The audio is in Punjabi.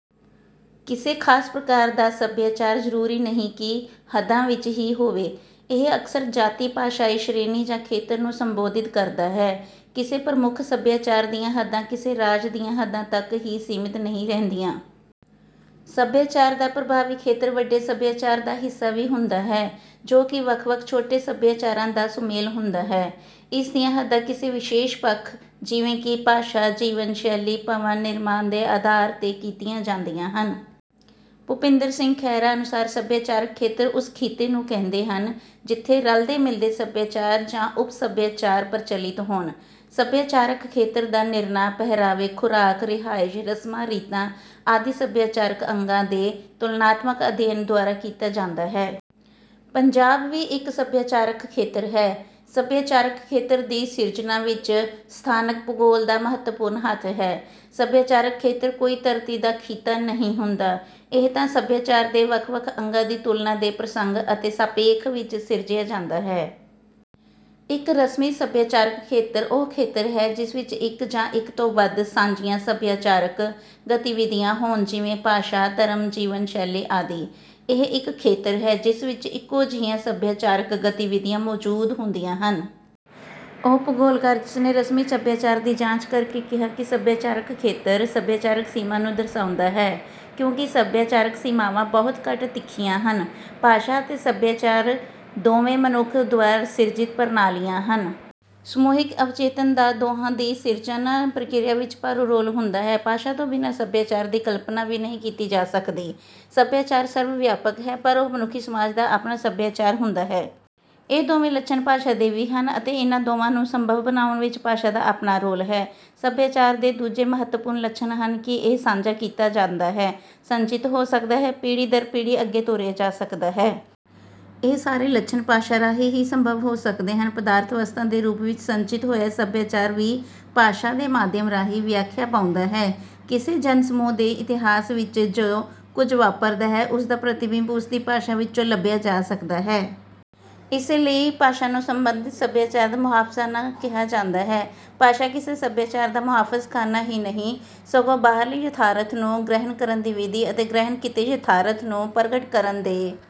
ਕਿਸੇ ਖਾਸ ਪ੍ਰਕਾਰ ਦਾ ਸਭਿਆਚਾਰ ਜ਼ਰੂਰੀ ਨਹੀਂ ਕਿ ਹੱਦਾਂ ਵਿੱਚ ਹੀ ਹੋਵੇ। ਇਹ ਅਕਸਰ ਜਾਤੀ-ਭਾਸ਼ਾਈ ਸ਼੍ਰੇਣੀ ਜਾਂ ਖੇਤਰ ਨੂੰ ਸੰਬੋਧਿਤ ਕਰਦਾ ਹੈ। ਕਿਸੇ ਪ੍ਰਮੁੱਖ ਸਭਿਆਚਾਰ ਦੀਆਂ ਹੱਦਾਂ ਕਿਸੇ ਰਾਜ ਦੀਆਂ ਹੱਦਾਂ ਤੱਕ ਹੀ ਸੀਮਿਤ ਨਹੀਂ ਰਹਿੰਦੀਆਂ। ਸਭਿਆਚਾਰ ਦਾ ਪ੍ਰਭਾਵੀ ਖੇਤਰ ਵੱਡੇ ਸਭਿਆਚਾਰ ਦਾ ਹਿੱਸਾ ਵੀ ਹੁੰਦਾ ਹੈ, ਜੋ ਕਿ ਵੱਖ-ਵੱਖ ਛੋਟੇ ਸਭਿਆਚਾਰਾਂ ਦਾ ਸੁਮੇਲ ਹੁੰਦਾ ਹੈ। ਇਸ ਦੀਆਂ ਹੱਦਾਂ ਕਿਸੇ ਵਿਸ਼ੇਸ਼ ਪੱਖ ਜਿਵੇਂ ਕਿ ਭਾਸ਼ਾ, ਜੀਵਨ ਸ਼ੈਲੀ, ਭਵਨ ਨਿਰਮਾਣ ਦੇ ਆਧਾਰ 'ਤੇ ਕੀਤੀਆਂ ਜਾਂਦੀਆਂ ਹਨ। ਭੁਪਿੰਦਰ ਸਿੰਘ ਖਹਿਰਾ ਅਨੁਸਾਰ ਸਭਿਆਚਾਰਕ ਖੇਤਰ ਉਸ ਖਿੱਤੇ ਨੂੰ ਕਹਿੰਦੇ ਹਨ, ਜਿੱਥੇ ਰਲਦੇ-ਮਿਲਦੇ ਸਭਿਆਚਾਰ ਜਾਂ ਉੱਪ-ਸਭਿਆਚਾਰ ਪ੍ਰਚਲਿਤ ਹੋਣ। ਸਭਿਆਚਾਰਕ ਖੇਤਰ ਦਾ ਨਿਰਣਾ ਪਹਿਰਾਵੇ, ਖੁਰਾਕ, ਰਿਹਾਇਸ਼, ਰਸਮਾਂ-ਰੀਤਾਂ ਆਦਿ ਸਭਿਆਚਾਰਕ ਅੰਗਾਂ ਦੇ ਤੁਲਨਾਤਮਕ ਅਧਿਐਨ ਦੁਆਰਾ ਕੀਤਾ ਜਾਂਦਾ ਹੈ। ਪੰਜਾਬ ਵੀ ਇੱਕ ਸਭਿਆਚਾਰਕ ਖੇਤਰ ਹੈ। ਸਭਿਆਚਾਰਕ ਖੇਤਰ ਦੀ ਸਿਰਜਣਾ ਵਿੱਚ ਸਥਾਨਕ ਭੂਗੋਲ ਦਾ ਮਹੱਤਵਪੂਰਨ ਹੱਥ ਹੈ। ਸਭਿਆਚਾਰਕ ਖੇਤਰ ਕੋਈ ਧਰਤੀ ਦਾ ਖਿੱਤਾ ਨਹੀਂ ਹੁੰਦਾ। ਇਹ ਤਾਂ ਸਭਿਆਚਾਰ ਦੇ ਵੱਖ-ਵੱਖ ਅੰਗਾਂ ਦੀ ਤੁਲਨਾ ਦੇ ਪ੍ਰਸੰਗ ਅਤੇ ਸਾਪੇਖ ਵਿੱਚ ਸਿਰਜਿਆ ਜਾਂਦਾ ਹੈ। ਇੱਕ ਰਸਮੀ ਸਭਿਆਚਾਰਕ ਖੇਤਰ ਉਹ ਖੇਤਰ ਹੈ, ਜਿਸ ਵਿੱਚ ਇੱਕ ਜਾਂ ਇੱਕ ਤੋਂ ਵੱਧ ਸਾਂਝੀਆਂ ਸਭਿਆਚਾਰਕ ਗਤੀਵਿਧੀਆਂ ਹੋਣ, ਜਿਵੇਂ - ਭਾਸ਼ਾ, ਧਰਮ, ਜੀਵਨ ਸ਼ੈਲੀ ਆਦਿ। ਇਹ ਇੱਕ ਖੇਤਰ ਹੈ, ਜਿਸ ਵਿੱਚ ਇੱਕੋ ਜਿਹੀਆਂ ਸਭਿਆਚਾਰਕ ਗਤੀਵਿਧੀਆਂ ਮੌਜੂਦ ਹੁੰਦੀਆਂ ਹਨ। ਉਹ ਭੂਗੋਲਕਾਰ, ਜਿਸਨੇ ਰਸਮੀ ਸਭਿਆਚਾਰ ਦੀ ਜਾਂਚ ਕਰ ਕੇ ਕਿਹਾ ਕਿ ਸਭਿਆਚਾਰਕ ਖੇਤਰ, ਸਭਿਆਚਾਰਕ ਸੀਮਾ ਨੂੰ ਦਰਸਾਉਂਦਾ ਹੈ, ਕਿਉਂਕਿ ਸਭਿਆਚਾਰਕ ਸੀਮਾਵਾਂ ਬਹੁਤ ਘੱਟ ਤਿੱਖੀਆਂ ਹਨ। ਭਾਸ਼ਾ ਅਤੇ ਸਭਿਆਚਾਰ ਦੋਵੇਂ ਮਨੁੱਖ ਦੁਆਰਾ ਸਿਰਜਿਤ ਪ੍ਰਣਾਲੀਆਂ ਹਨ। ਸਮੂਹਿਕ ਅਵਚੇਤਨ ਦਾ ਦੋਹਾਂ ਦੀ ਸਿਰਜਣ ਪ੍ਰਕਿਰਿਆ ਵਿੱਚ ਭਾਰੂ ਰੋਲ ਹੁੰਦਾ ਹੈ। ਭਾਸ਼ਾ ਤੋਂ ਬਿਨਾਂ ਸਭਿਆਚਾਰ ਦੀ ਕਲਪਨਾ ਵੀ ਨਹੀਂ ਕੀਤੀ ਜਾ ਸਕਦੀ। ਸਭਿਆਚਾਰ ਸਰਵ-ਵਿਆਪਕ ਹੈ, ਪਰ ਹਰ ਮਨੁੱਖੀ ਸਮਾਜ ਦਾ ਆਪਣਾ ਸਭਿਆਚਾਰ ਹੁੰਦਾ ਹੈ। ਇਹ ਦੋਵੇਂ ਲੱਛਣ ਭਾਸ਼ਾ ਦੇ ਵੀ ਹਨ ਅਤੇ ਇਹਨਾਂ ਦੋਵਾਂ ਨੂੰ ਸੰਭਵ ਬਣਾਉਣ ਵਿੱਚ ਭਾਸ਼ਾ ਦਾ ਆਪਣਾ ਰੋਲ ਹੈ। ਸਭਿਆਚਾਰ ਦੇ ਦੂਜੇ ਮਹੱਤਵਪੂਰਨ ਲੱਛਣ ਹਨ ਕਿ ਇਹ ਸਾਂਝਾ ਕੀਤਾ ਜਾਂਦਾ ਹੈ, ਸੰਚਿਤ ਹੋ ਸਕਦਾ ਹੈ, ਪੀੜ੍ਹੀ ਦਰ ਪੀੜ੍ਹੀ ਅੱਗੇ ਤੋਰਿਆ ਜਾ ਸਕਦਾ ਹੈ। ਇਹ ਸਾਰੇ ਲੱਛਣ ਭਾਸ਼ਾ ਰਾਹੀਂ ਹੀ ਸੰਭਵ ਹੋ ਸਕਦੇ ਹਨ। ਪਦਾਰਥਕ ਵਸਤਾਂ ਦੇ ਰੂਪ ਵਿੱਚ ਸੰਚਿਤ ਹੋਇਆ ਸਭਿਆਚਾਰ ਵੀ ਭਾਸ਼ਾ ਦੇ ਮਾਧਿਅਮ ਰਾਹੀਂ ਵਿਆਖਿਆ ਪਾਉਂਦਾ ਹੈ। ਕਿਸੇ ਜਨ-ਸਮੂਹ ਦੇ ਇਤਿਹਾਸ ਵਿੱਚ ਜੋ ਕੁਝ ਵਾਪਰਦਾ ਹੈ, ਉਸ ਦਾ ਪ੍ਰਤਿਬਿੰਬ ਉਸ ਦੀ ਭਾਸ਼ਾ ਵਿੱਚੋਂ ਲੱਭਿਆ ਜਾ ਸਕਦਾ ਹੈ। ਇਸੇ ਲਈ ਭਾਸ਼ਾ ਨੂੰ ਸੰਬੰਧਿਤ ਸਭਿਆਚਾਰ ਦਾ "ਮੁਹਾਫ਼ਜ਼ਖਾਨਾ" ਕਿਹਾ ਜਾਂਦਾ ਹੈ। ਭਾਸ਼ਾ ਕਿਸੇ ਸਭਿਆਚਾਰ ਦਾ ਮੁਹਾਫ਼ਜ਼ਖਾਨਾ ਹੀ ਨਹੀਂ, ਸਗੋਂ ਬਾਹਰਲੇ ਯਥਾਰਥ ਨੂੰ ਗ੍ਰਹਿਣ ਕਰਨ ਦੀ ਵਿਧੀ ਅਤੇ ਗ੍ਰਹਿਣ ਕੀਤੇ ਯਥਾਰਥ ਨੂੰ ਪ੍ਰਗਟ ਕਰਨ ਦੇ